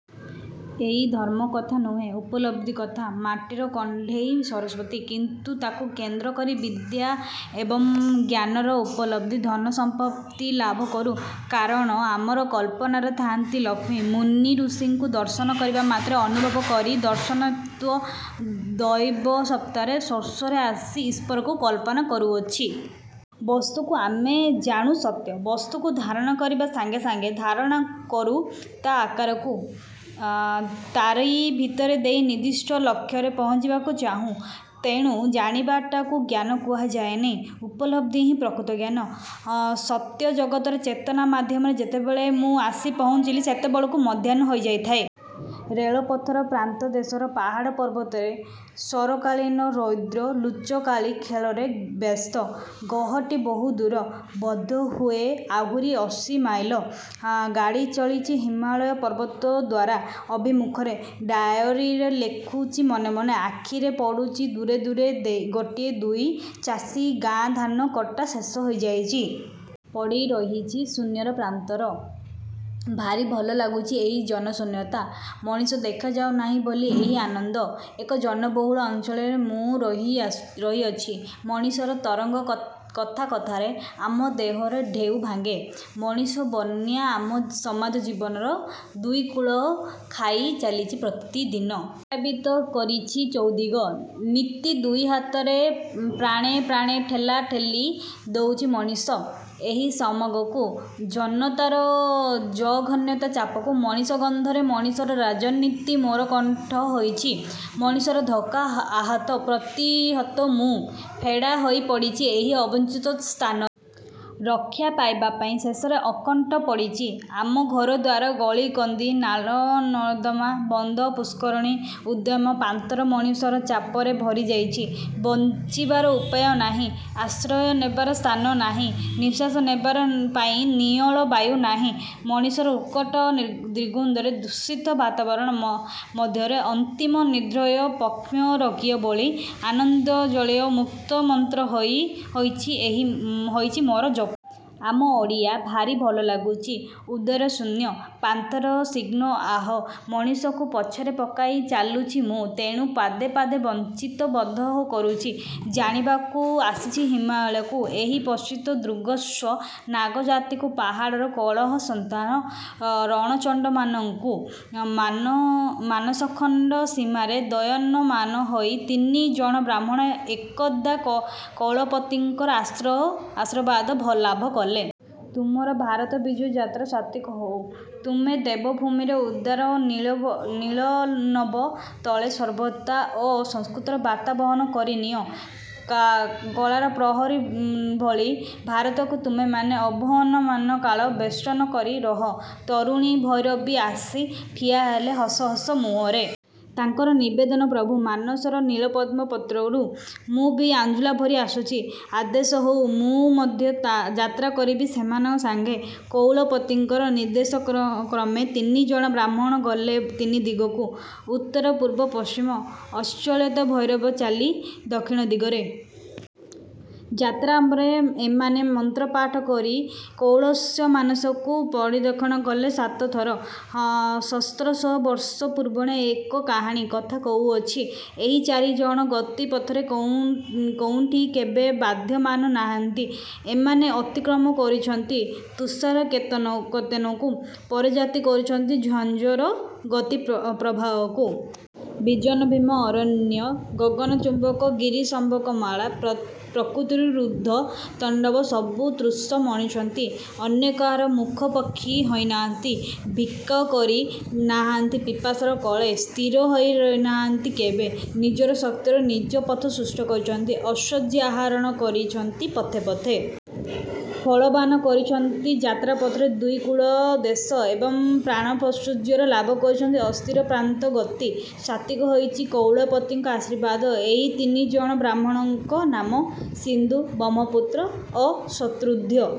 ଇଏ ଧର୍ମର କଥା ନୁହେଁ, ଉପଲବ୍ଧିର କଥା। ମାଟିର କଣ୍ଢେଇ ସରସ୍ୱତୀ, କିନ୍ତୁ ତାକୁ କେନ୍ଦ୍ର କରି ବିଦ୍ୟା ଏବଂ ଜ୍ଞାନର ଉପଲବ୍ଧି। ଧନସମ୍ପତ୍ତି ଲାଭ କରୁ, କାରଣ ଆମର କଳ୍ପନାରେ ଥାଆନ୍ତି ଲକ୍ଷ୍ମୀ। ମୁନି ଋଷିଙ୍କୁ ଦର୍ଶନ କରିବାମାତ୍ରେ ଅନୁଭବ କରୁ ଦର୍ଶନତତ୍ତ୍ୱ। ଦୈବସତ୍ତାର ସଂସ୍ପର୍ଶରେ ଆସି ଈଶ୍ୱରକୁ କଳ୍ପନା କରୁ। ବସ୍ତୁକୁ ଆମେ ଜାଣୁ ସତ୍ୟ। ବସ୍ତୁକୁ ଧାରଣ କରିବା ସଙ୍ଗେ ସଙ୍ଗେ ଧାରଣ କରୁ ତାର ଆକାରକୁ। ତାରି ଭିତରେ ଦେଇ ନିର୍ଦ୍ଦିଷ୍ଟ ଲକ୍ଷ୍ୟରେ ପହଞ୍ଚିବାକୁ ଚାହୁଁ। ତେଣୁ ଜାଣିବାଟାକୁ ଜ୍ଞାନ କୁହାଯାଏନା, ଉପଲବ୍ଧି ହିଁ ପ୍ରକୃତ ଜ୍ଞାନ। ସଭ୍ୟ ଜଗତର ଚେତନା ମଧ୍ୟରେ ଯେତେବେଳେ ମୁଁ ଆସି ପହଞ୍ଚିଲି, ସେତେବେଳକୁ ମଧ୍ୟାହ୍ନ ହୋଇଯାଇଥାଏ। ରେଳପଥର ପ୍ରାନ୍ତଦେଶରେ ପାହାଡ଼ ପର୍ବତରେ ଶରତ୍କାଳୀନ ରୌଦ୍ର ଲୁଚକାଳି ଖେଳରେ ବ୍ୟସ୍ତ। ଗୌହାଟୀ ବହୁତ ଦୂର, ବୋଧହୁଏ ଆହୁରି ଅଶୀ ମାଇଲ। ଗାଡ଼ି ଚାଲିଚି ହିମାଳୟର ପୂର୍ବଦ୍ୱାର ଅଭିମୁଖରେ। ଡାଏରୀ ଲେଖୁଚି ମନେ ମନେ। ଆଖିରେ ପଡ଼ୁଛି ଦୂରରେ ଗୋଟିଏ ଦୁଇଟି ଚାଷୀ ଗାଁ ଧାନ କଟା ଶେଷ ହୋଇଯାଇଛି। ପଡ଼ିରହିଛି ଶୂନ୍ୟ ପ୍ରାନ୍ତର। ଭାରି ଭଲ ଲାଗୁଛି ଏହି ଜନଶୂନ୍ୟତା। ମଣିଷ ଦେଖାଯାଉ ନାହାନ୍ତି ବୋଲି ଏହି ଆନନ୍ଦ। ଏକ ଜନବହୁଳ ଅଞ୍ଚଳରେ ମୁଁ ରହି ଆସିଛି। ମଣିଷର ତରଙ୍ଗ କଥା କଥାରେ ଆମ ଦେହରେ ଢେଉ ଭାଙ୍ଗେ। ମଣିଷର ବନ୍ୟା ଆମ ସମାଜଜୀବନରେ ଦୁଇକୂଳ ଖାଇ ଚାଲିଛି ପ୍ରତିଦିନ। ପରିପ୍ଲାବିତ କରିଛି ଚୌଦିଗ। ନିତ୍ୟ ଦୁଇ ହାତରେ ପ୍ରାଣପଣେ ଠେଲି ପେଲି ଦେଉଛି ମଣିଷର ଏହି ସମାଗମକୁ, ଜନତାର ଜଘନ୍ୟ ଚାପକୁ। ମଣିଷ ଗନ୍ଧରେ, ମଣିଷର ରାଜନୀତିରେ ମୋର କଣ୍ଠରୋଧ ହୋଇଛି। ମଣିଷର ଧକ୍କାରେ ଆହତ, ପ୍ରତିହତ ମୁଁ। ଫୋପାଡ଼ି ହୋଇ ପଡ଼ିଛି ଏକ ଅବାଞ୍ଛିତ ସ୍ଥାନରେ। ରକ୍ଷା ପାଇବା ପାଇଁ ଶେଷରେ ଆଣ୍ଠେଇ ପଡ଼ିଛି। ଆମର ଘରଦ୍ୱାର, ଗଳି କନ୍ଦି, ନାଳ ନର୍ଦ୍ଦମା, ବନ୍ଧ ପୁଷ୍କରିଣୀ, ଉଦ୍ୟାନ ପ୍ରାନ୍ତର ମଣିଷର ଚାପରେ ଭରିଯାଇଛି, ବଞ୍ଚିବାର ଉପାୟ ନାହିଁ। ଆଶ୍ରୟ ନେବାର ସ୍ଥାନ ନାହିଁ, ନିଶ୍ୱାସ ନେବା ପାଇଁ ନିର୍ମଳ ବାୟୁ ନାହିଁ। ମଣିଷର ଉତ୍କଟ ଦୁର୍ଗନ୍ଧରେ ଦୂଷିତ ବାତାବରଣ ମଧ୍ୟରେ ଅନ୍ତିମ ନିଦ୍ରାରେ ଯକ୍ଷ୍ମାରୋଗୀ ଭଳି ଆନନ୍ଦୋଜ୍ଜ୍ୱଳ ମୁକ୍ତିମନ୍ତ୍ର ହୋଇଛି ମୋର ଜପ। ଆମେ ଓଡ଼ିଆ ଭାରି ଭଲ ଲାଗୁଛି ଉଦାରଶୂନ୍ୟ ପ୍ରାନ୍ତରର ସ୍ନିଗ୍ଧ ହାୱା। ମଣିଷକୁ ପଛରେ ପକେଇ ଚାଲିଛି ମୁଁ, ତେଣୁ ପଦେ ପଦେ ବଞ୍ଚିତ ବୋଧ କରୁଛି। ଜାଣିବାକୁ ଆସିଛି ହିମାଳୟକୁ ଏବଂ ଅପରିଚିତ ଦୁର୍ଦ୍ଧର୍ଷ ନାଗାଜାତିକୁ ପାହାଡ଼ କୋଳରେ ସନ୍ତାନ ରଣଚଣ୍ଡମାନଙ୍କୁ। ମାନସଖଣ୍ଡ ସୀମାରେ ଦଣ୍ଡାୟମାନ ହୋଇ ତିନିଜଣ ବ୍ରାହ୍ମଣ ଏକଦା କୈଳାସପତିଙ୍କ ଆଶୀର୍ବାଦ ଲାଭ କଲେ। ତୁମର ଭାରତ ବିଜୟ ଯାତ୍ରା ସାର୍ଥକ ହେଉ। ତୁମେ ଦେବଭୂମିର ଉଦାର ନୀଳନଭ ତଳେ ସଭ୍ୟତା ଓ ସଂସ୍କୃତିର ବାର୍ତ୍ତା ବହନ କରିନିଅ। କାଳର ପ୍ରହରୀ ଭଳି ଭାରତକୁ ତୁମେମାନେ ଆବହମାନ କାଳ ବେଷ୍ଟନ କରି ରହ। ତରୁଣୀ ଭୈରବୀ ଆସି ଠିଆହେଲେ ହସ ହସ ମୁହଁରେ। ତାଙ୍କର ନିବେଦନ, ପ୍ରଭୁ। ମାନସର ନୀଳପଦ୍ମ ପାତ୍ରରୁ ମୁଁ ବି ଅଞ୍ଜଳି ଭରି ଆସିଛି, ଆଦେଶ ହେଉ, ମୁଁ ମଧ୍ୟ ଯାତ୍ରା କରିବି ସେମାନଙ୍କ ସାଙ୍ଗରେ। କୈଳାସପତିଙ୍କ ନିର୍ଦ୍ଦେଶକ୍ରମେ ତିନିଜଣ ବ୍ରାହ୍ମଣ ଗଲେ ତିନି ଦିଗକୁ ଉତ୍ତର, ପୂର୍ବ ଓ ପଶ୍ଚିମ। ହାସ୍ୟୋଚ୍ଛଳା ଭୈରବୀ ଚାଲିଲେ ଦକ୍ଷିଣ ଦିଗରେ। ଯାତ୍ରାରମ୍ଭରେ ଏମାନେ ମନ୍ତ୍ରପାଠ କରି କୈଳାସ ମାନସକୁ ପ୍ରଦକ୍ଷିଣ କଲେ ସାତଥର। ଶତ ସହସ୍ର ବର୍ଷ ପୂର୍ବର ଏ କାହାଣୀ। କଥା କହୁ ଅଛି, ଏହି ଚାରିଜଣ ଗତିପଥରେ କେଉଁଠି କେବେ ବାଧା ମାନି ନାହାନ୍ତି। ଏମାନେ ଅତିକ୍ରମ କରିଛନ୍ତି ତୁଷାରକେତନକୁ। ପରାଜିତ କରିଛନ୍ତି ଝାଞ୍ଜର ଗତିପ୍ରବାହକୁ। ବିଜନ ଭୀମ ଅରଣ୍ୟାନୀ, ଗଗନଚୁମ୍ବୀ ଗିରିଶୃଙ୍ଗମାଳା, ପ୍ରକୃତିର ରୁଦ୍ର ତାଣ୍ଡବ ସବୁ ତୁଚ୍ଛ ମଣିଛନ୍ତି। ଅନ୍ୟ କାହାର ମୁଖାପେକ୍ଷୀ ହୋଇନାହାନ୍ତି। ଭିକ୍ଷା କରି ନାହାନ୍ତି ପିପାସାର କଳ। ସ୍ଥିର ହୋଇ ରହି ନାହାନ୍ତି କେବେ। ନିଜ ଶକ୍ତିରେ ନିଜ ପଥ ସୃଷ୍ଟି କରିଛନ୍ତି। ଐଶ୍ୱର୍ଯ୍ୟ ଆହରଣ କରିଛନ୍ତି ପଥେ ପଥେ। ଫଳବାନ କରିଛନ୍ତି ଯାତ୍ରାପଥର ଦୁଇ କୂଳଦେଶ ଏବଂ ପ୍ରାଣପ୍ରାଚୁର୍ଯ୍ୟରେ ଲାଭ କରିଛନ୍ତି ଅସ୍ଥିର ଅଶ୍ରାନ୍ତ ଗତି। ସାର୍ଥକ ହୋଇଛି କୈଳାସପତିଙ୍କ ଆଶୀର୍ବାଦ। ଏହି ତିନିଜଣ ବ୍ରାହ୍ମଣଙ୍କର ନାମ ସିନ୍ଧୁ, ବ୍ରହ୍ମପୁତ୍ର ଓ ଶତଦ୍ରୁ।